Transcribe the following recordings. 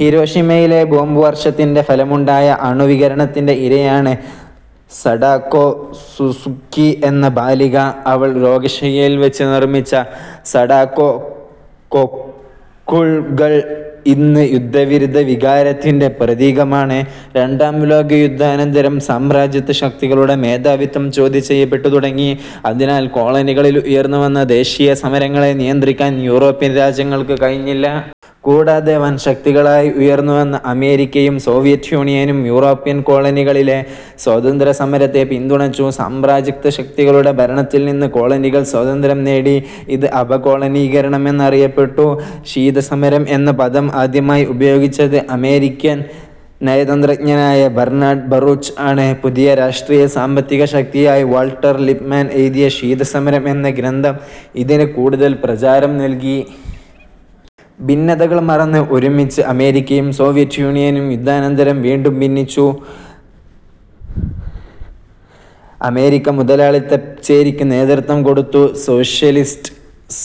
ഹിരോഷിമയിലെ bomb വർഷത്തിന്റെ ഫലമായുണ്ടായ അണുവികിരണത്തിന്റെ ഇരയാണ് സഡാക്കോ സസുക്കി എന്ന ബാലിക. അവൾ രോഗശയ്യയിൽ വച്ച് നിർമിച്ച സഡാക്കോ കൊക്കുകൾ ഇന്ന് യുദ്ധവിരുദ്ധ വികാരത്തിന്റെ പ്രതീകമാണ്. രണ്ടാം ലോകയുദ്ധാനന്തരം സാമ്രാജ്യത്വശക്തികളുടെ മേധാവിത്വം ചോദ്യം ചെയ്യപ്പെട്ടു തുടങ്ങി. അതിനാൽ കോളനികളിൽ ഉയർന്നുവന്ന ദേശീയസമരങ്ങളെ നിയന്ത്രിക്കാൻ യൂറോപ്യൻ രാജ്യങ്ങൾക്കു കഴിഞ്ഞില്ല. കൂടാതെ വൻശക്തികളായി ഉയർന്നുവന്ന അമേരിക്കയും സോവിയറ്റ് യൂണിയനും യൂറോപ്യൻ കോളനികളിലെ സ്വാതന്ത്ര്യസമരത്തെ പിന്തുണച്ചു. സാമ്രാജ്യത്വശക്തികളുടെ ഭരണത്തിൽനിന്നു കോളനികൾ സ്വാതന്ത്ര്യം നേടി. ഇത് അപകോളനീകരണം എന്നറിയപ്പെടുന്നു. ശീതസമരം എന്ന പദം ആദ്യമായി ഉപയോഗിച്ചത് അമേരിക്കൻ നയതന്തജ്ഞനായ ബർനാഡ് ബറൂച്ച് ആണ്. പുതിയ രാഷ്ട്രീയ സാമ്പത്തിക ശക്തിയായി വാൾട്ടർ ലിപ്മാൻ എഴുതിയ ""ശീതസമരം' എന്ന ഗ്രന്ഥം ഇതിന് കൂടുതൽ പ്രചാരം നൽകി. ഭിന്നതകൾ മറന്ന് ഒരുമിച്ച് അമേരിക്കയും സോവിയറ്റ് യൂണിയനും യുദ്ധാനന്തരം വീണ്ടും ഭിന്നിച്ചു. അമേരിക്ക മുതലാളിത്ത ചേരിക്ക് നേതൃത്വം കൊടുത്തു. സോഷ്യ ലിസ്റ്റ്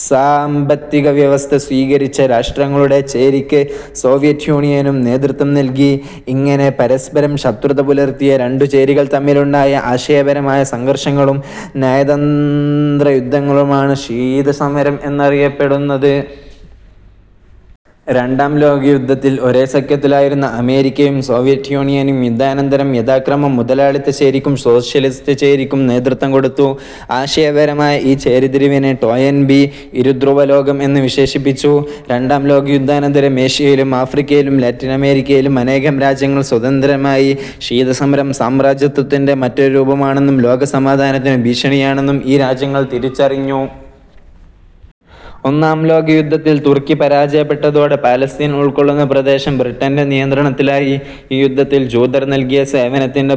സാമ്പത്തികവ്യവസ്ഥ സ്വീകരിച്ച രാഷ്ട്രങ്ങളുടെ ചേരിക്ക് സോവിയറ്റ് യൂണിയനും നേതൃത്വം നൽകി. ഇങ്ങനെ പരസ്പരം ശത്രുത പുലർത്തിയ രണ്ടു ചേരികൾ തമ്മിലുണ്ടായ ആശയപരമായ സംഘർഷങ്ങളും നയതന്ത്രയുദ്ധങ്ങളുമാണ് ശീതസമരം എന്നറിയപ്പെടുന്നത്. രണ്ടാം ലോകയുദ്ധത്തിൽ ഒരേ സഖ്യത്തിലായിരുന്ന അമേരിക്കയും സോവിയറ്റ് യൂണിയനും യുദ്ധാനന്തരം യഥാക്രമം മുതലാളിത്ത ചേരിക്കും സോഷ്യലിസ്റ്റ് ചേരിക്കും നേതൃത്വം കൊടുത്തു. ആശയപരമായ ഈ ചേരിതിരിവിനെ ടോയൻബി ഇരുധ്രുവലോകം എന്ന് വിശേഷിപ്പിച്ചു. രണ്ടാം ലോകയുദ്ധാനന്തരം ഏഷ്യയിലും ആഫ്രിക്കയിലും ലാറ്റിനമേരിക്കയിലും അനേകം രാജ്യങ്ങൾ സ്വതന്ത്രമായി. ശീതസമരം സാമ്രാജ്യത്വത്തിന്റെ മറ്റൊരു രൂപമാണെന്നും ലോകസമാധാനത്തിനു ഭീഷണിയാണെന്നും ഈ രാജ്യങ്ങൾ തിരിച്ചറിഞ്ഞു. ഒന്നാം ലോകയുദ്ധത്തിൽ തുർക്കി പരാജയപ്പെട്ടതോടെ പാലസ്തീൻ ഉൾക്കൊള്ളുന്ന പ്രദേശം ബ്രിട്ടന്റെ നിയന്ത്രണത്തിലായി. ഈ യുദ്ധത്തിൽ ജൂതർ നൽകിയ സേവനത്തിന്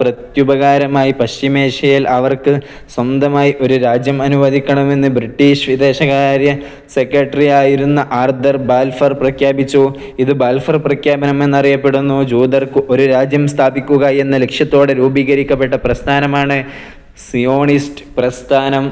പ്രത്യുപകാരമായി പശ്ചിമേഷ്യയിൽ അവർക്ക് സ്വന്തമായി ഒരു രാജ്യം അനുവദിക്കുമെന്ന് ബ്രിട്ടീഷ് വിദേശകാര്യ സെക്രട്ടറിയായിരുന്ന ആർതർ ബാൽഫർ പ്രഖ്യാപിച്ചു. ഇത് ബാൽഫർ പ്രഖ്യാപനം എന്നറിയപ്പെടുന്നു. ജൂതർക്ക് ഒരു രാജ്യം സ്ഥാപിക്കുക എന്ന ലക്ഷ്യത്തോടെ രൂപീകരിക്കപ്പെട്ട പ്രസ്ഥാനമാണ് സിയോണിസ്റ്റ് പ്രസ്ഥാനം.